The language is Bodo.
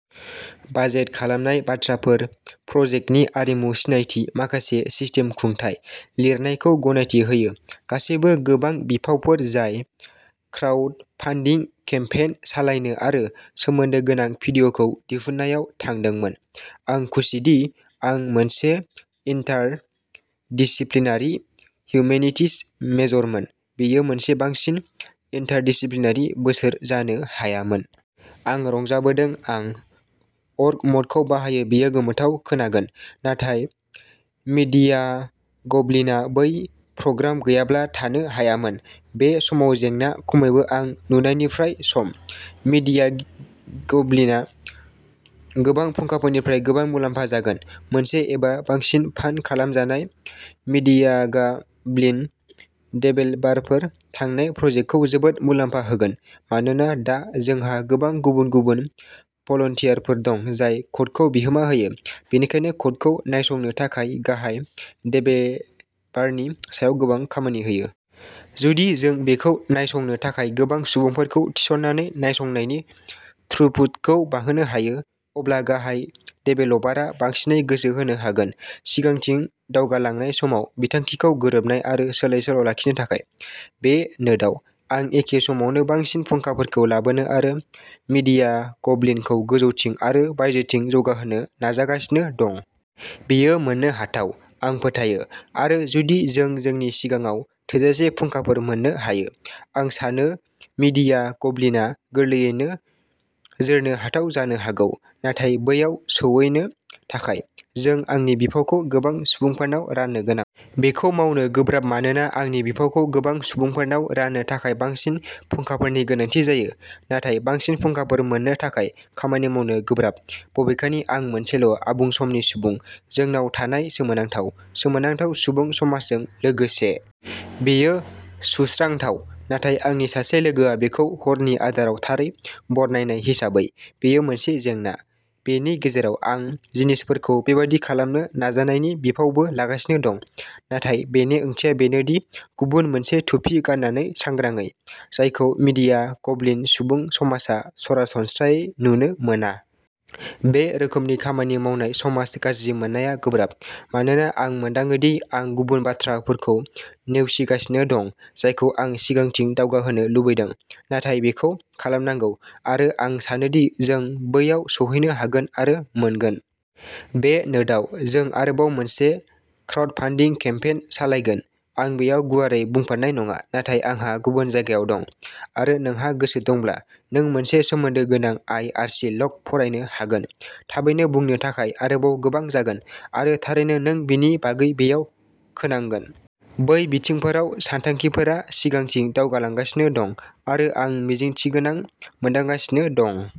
बाजेट खालामनाय बाथ्राफोर, प्रजेक्टनि आरिमु सिनायथि माखासे सिस्टेम खुंथाय, लिरनायखौ गनायथि होयो, गासैबो गोबां बिफावफोर जाय क्राउडफान्डिं केम्पेइन सालायनो आरो सोमोन्दो गोनां भिडिय'खौ दिहुननायाव थांदोंमोन। आं खुसिदि आं मोनसे इन्टारडिसिप्लिनारि हिउमेनिटीज मेजरमोन। बेयो मोनसे बांसिन इन्टारडिसिप्लिनारि बोसोर जानो हायामोन। आं रंजाबोदों आं अर्ग-मडखौ बाहायो बेयो गोमोथाव खोनागोन, नाथाय मीडियागब्लिनआ बै प्रग्राम गैयाब्ला थानो हायामोन। बे समाव जेंना, खमैबो आं नुनायनिफ्राय, सम। मीडियागब्लिनआ गोबां फुंखाफोरनिफ्राय गोबां मुलाम्फा जागोन, मोनसे एबा बांसिन फान्ड खालामजानाय मीडियागब्लिन देभेलपारफोर थानाया प्रजेक्तखौ जोबोद मुलाम्फा होगोन, मानोना दा, जोंहा गोबां गुबुन-गुबुन भलान्टियारफोर दं जाय क'डखौ बिहोमा होयो, बेनिखायनो क'डखौ नायसंनो थाखाय गाहाय देभेलपारनि सायाव गोबां खामानि होयो। जुदि जों बेखौ नायसंनो थाखाय गोबां सुबुंफोरखौ थिस'ननानै नायसंनायनि थ्रुपुटखौ बांहोनो हायो, अब्ला गाहाय देभेलपारआ बांसिनै गोसो होनो हागोन। सिगांथिं दावगालांनाय समाव बिथांखिखौ गोरोबनाय आरो सोलाय सोल' लाखिनो थाखाय। बे नोटआव, आं एखे समावनो बांसिन फुंखाफोरखौ लाबोनो आरो मीडिया गब्लिनखौ गोजौथिं आरो बायजोथिं जौगाहोनो नाजागासिनो दं। बेयो मोन्नो हाथाव, आं फोथायो, आरो जुदि जों जोंनि सिगाङाव थोजासे फुंखाफोर मोन्नो हायो, आं सानो मीडिया गब्लिनआ गोरलैयैनो जोरनो हाथाव जानो हागौ। नाथाय बैयाव सौहैनो थाखाय, जों आंनि बिफावखौ गोबां सुबुंफोरनाव राननो गोनां। बेखौ मावनो गोब्राब मानोना आंनि बिफावखौ गोबां सुबुंफोरनाव राननो थाखाय बांसिन फुंखाफोरनि गोनांथि जायो, नाथाय बांसिन फुंखाफोर मोन्नो थाखाय खामानि मावनो गोब्राब, बबेखानि आं मोनसेल' आबुं समनि सुबुं, जोंनाव थानाय सोमोनांथाव, सोमोनांथाव सुबुं समाजजों लोगोसे। बेयो सुस्रांथाव, नाथाय आंनि सासे लोगोआ बेखौ हरनि आदाराव थारै बरनायनाय हिसाबै, बेयो मोनसे जेंना। बेनि गेजेराव, आं जिनिसफोरखौ बेबादि खालामनो नाजानायनि बिफावबो लागासिनो दं, नाथाय बेनि ओंथिया बेनो दि गुबुन मोनसे थुफि गाननानै सांग्रांयै, जायखौ मीडिया गब्लिन सुबुं समाजआ सरासनस्रायै नुनो मोना। बे रोखोमनि खामानि मावनाय समाव गाज्रि मोननाया गोब्राब, मानोना आं मोनदाङो दि आं गुबुन बाथ्राफोरखौ नेवसिगासिनो दं जायखौ आं सिगांथिं दावगाहोनो लुबैदों। नाथाय बेखौ खालामनांगौ। आरो आं सानोदि जों बैयाव सौहैनो हागोन आरो मोनगोन। बे नोटआव, जों आरोबाव मोनसे क्राउडफान्डिं केम्पेइन सालायगोन। आं बेयाव गुवारै बुंफोरनाय नङा, नाथाय आंहा गुबुन जायगायाव दं, आरो नोंहा गोसो दंब्ला, नों मोनसे सोमोन्दो गोनां आई आरसी लग फरायनो हागोन। थाबैनो बुंनो थाखाय आरोबाव गोबां जागोन, आरो थारैनो नों बेनि बागै बेयाव खोनांगोन। बै बिथिंफोराव सानथांखिफोरा सिगांथिं दावगालांगासिनो दं, आरो आं मिजिंथिगोनां मोनदांगासिनो दं।